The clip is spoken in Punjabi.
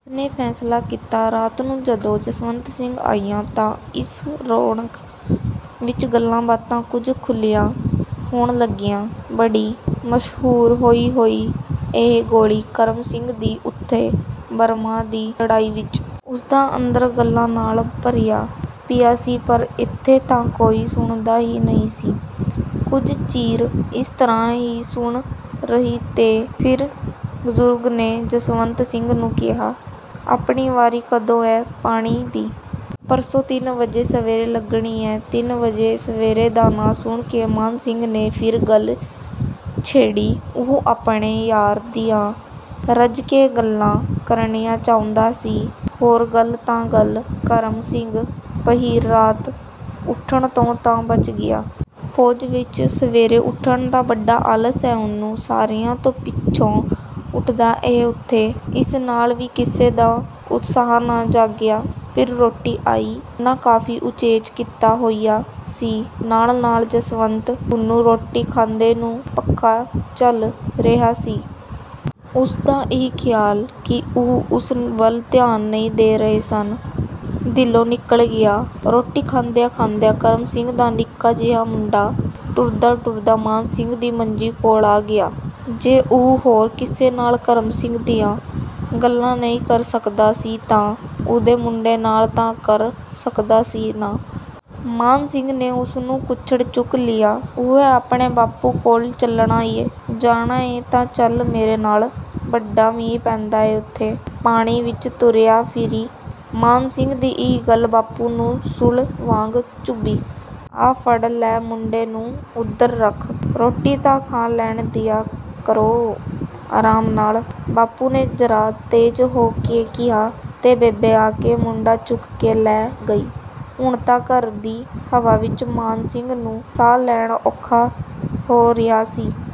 ਉਸ ਨੇ ਫ਼ੈਸਲਾ ਕੀਤਾ। ਰਾਤ ਨੂੰ ਜਦੋਂ ਜਸਵੰਤ ਸਿੰਘ ਆਇਆ ਤਾਂ ਇਸ ਰੌਣਕ ਵਿਚ ਗੱਲਾਂ-ਬਾਤਾਂ ਕੁਝ ਖੁੱਲ੍ਹੀਆਂ ਹੋਣ ਲੱਗੀਆਂ। ''ਬੜੀ ਮਸ਼ਹੂਰ ਹੋਈ ਹੋਈ ਏ ਗੋਲੀ ਕਰਮ ਸਿੰਘ ਦੀ ਉੱਥੇ 'ਬਰਮਾ' ਦੀ ਲੜਾਈ ਵਿਚ। ਉਸ ਦਾ ਅੰਦਰ ਗੱਲਾਂ ਨਾਲ ਭਰਿਆ ਪਿਆ ਸੀ ਪਰ ਇੱਥੇ ਤਾਂ ਕੋਈ ਸੁਣਦਾ ਹੀ ਨਹੀਂ ਸੀ। ਕੁਝ ਚਿਰ ਇਸ ਤਰ੍ਹਾਂ ਹੀ ਸੁੰਨ ਰਹੀ ਤੇ ਫਿਰ ਬਜ਼ੁਰਗ ਨੇ ਜਸਵੰਤ ਸਿੰਘ ਨੂੰ ਕਿਹਾ, ''ਆਪਣੀ ਵਾਰੀ ਕਦੋਂ ਏ ਪਾਣੀ ਦੀ?'' ''ਪਰਸੋਂ ਤਿੰਨ ਵਜੇ ਸਵੇਰੇ ਲੱਗਣੀ ਏ।'' ਤਿੰਨ ਵਜੇ ਸਵੇਰੇ ਦਾ ਨਾਂ ਸੁਣ ਕੇ ਮਾਨ ਸਿੰਘ ਨੇ ਫਿਰ ਗੱਲ ਛੇੜੀ। ਉਹ ਆਪਣੇ ਯਾਰ ਦੀਆਂ ਰੱਜ ਕੇ ਗੱਲਾਂ ਕਰਨੀਆਂ ਚਾਹੁੰਦਾ ਸੀ। ''ਹੋਰ ਗੱਲ ਤਾਂ ਗੱਲ, ਕਰਮ ਸਿੰਘ ਪਹਿਰ ਰਾਤ ਉੱਠਣ ਤੋਂ ਤਾਂ ਬਚ ਗਿਆ। ਫ਼ੌਜ ਵਿਚ ਸਵੇਰੇ ਉੱਠਣ ਦਾ ਵੱਡਾ ਆਲਸ ਏ ਉਹਨੂੰ। ਸਾਰਿਆਂ ਤੋਂ ਪਿੱਛੋਂ ਉੱਠਦਾ ਏ ਓਥੇ।'' ਇਸ ਨਾਲ ਵੀ ਕਿਸੇ ਦਾ ਉਤਸਾਹ ਨਾ ਜਾਗਿਆ। ਫਿਰ ਰੋਟੀ ਆਈ। ਉਹਨਾਂ ਕਾਫ਼ੀ ਉਚੇਚ ਕੀਤਾ ਹੋਇਆ ਸੀ। ਨਾਲ-ਨਾਲ ਜਸਵੰਤ ਉਹਨੂੰ ਰੋਟੀ ਖਾਂਦੇ ਨੂੰ ਪੱਖਾ ਝੱਲ ਰਿਹਾ ਸੀ। ਉਸ ਦਾ ਇਹ ਖ਼ਿਆਲ ਕਿ ਉਹ ਉਸ ਵੱਲ ਧਿਆਨ ਨਹੀਂ ਦੇ ਰਹੇ ਸਨ, ਦਿਲੋਂ ਨਿਕਲ ਗਿਆ। ਰੋਟੀ ਖਾਂਦਿਆਂ-ਖਾਂਦਿਆਂ ਕਰਮ ਸਿੰਘ ਦਾ ਨਿੱਕਾ ਜਿਹਾ ਮੁੰਡਾ ਟੁਰਦਾ-ਟੁਰਦਾ ਮਾਨ ਸਿੰਘ ਦੀ ਮੰਜੀ ਕੋਲ ਆ ਗਿਆ। ਜੇ ਉਹ ਹੋਰ ਕਿਸੇ ਨਾਲ ਕਰਮ ਸਿੰਘ ਦੀਆਂ ਗੱਲਾਂ ਨਹੀਂ ਕਰ ਸਕਦਾ ਸੀ ਤਾਂ ਉਹਦੇ ਮੁੰਡੇ ਨਾਲ ਤਾਂ ਕਰ ਸਕਦਾ ਸੀ ਨਾ। ਮਾਨ ਸਿੰਘ ਨੇ ਉਸ ਨੂੰ ਕੁੱਛੜ ਚੁੱਕ ਲਿਆ। ''ਓਏ, ਆਪਣੇ ਬਾਪੂ ਕੋਲ ਚੱਲਣਾ ਈਂ? ਜਾਣਾ ਈ ਤਾਂ ਚੱਲ ਮੇਰੇ ਨਾਲ। ਵੱਡਾ ਮੀਂਹ ਪੈਂਦਾ ਏ ਉੱਥੇ, ਪਾਣੀ ਵਿਚ ਤੁਰਿਆ ਫਿਰੀਂ।'' ਮਾਨ ਸਿੰਘ ਦੀ ਇਹ ਗੱਲ ਬਾਪੂ ਨੂੰ ਸੂਲ ਵਾਂਗ ਚੁੱਭੀ। ''ਆਹ ਫੜ ਲੈ ਮੁੰਡੇ ਨੂੰ, ਉੱਧਰ ਰੱਖ। ਰੋਟੀ ਤਾਂ ਖਾ ਲੈਣ ਦਿਆ ਕਰੋ ਆਰਾਮ ਨਾਲ।'' ਬਾਪੂ ਨੇ ਜ਼ਰਾ ਤੇਜ਼ ਹੋ ਕੇ ਕਿਹਾ ਤੇ ਬੇਬੇ ਆ ਕੇ ਮੁੰਡਾ ਚੁੱਕ ਕੇ ਲੈ ਗਈ। ਹੁਣ ਤਾਂ ਘਰ ਦੀ ਹਵਾ ਵਿਚ ਮਾਨ ਸਿੰਘ ਨੂੰ ਸਾਹ ਲੈਣਾ ਔਖਾ ਹੋ ਰਿਹਾ ਸੀ।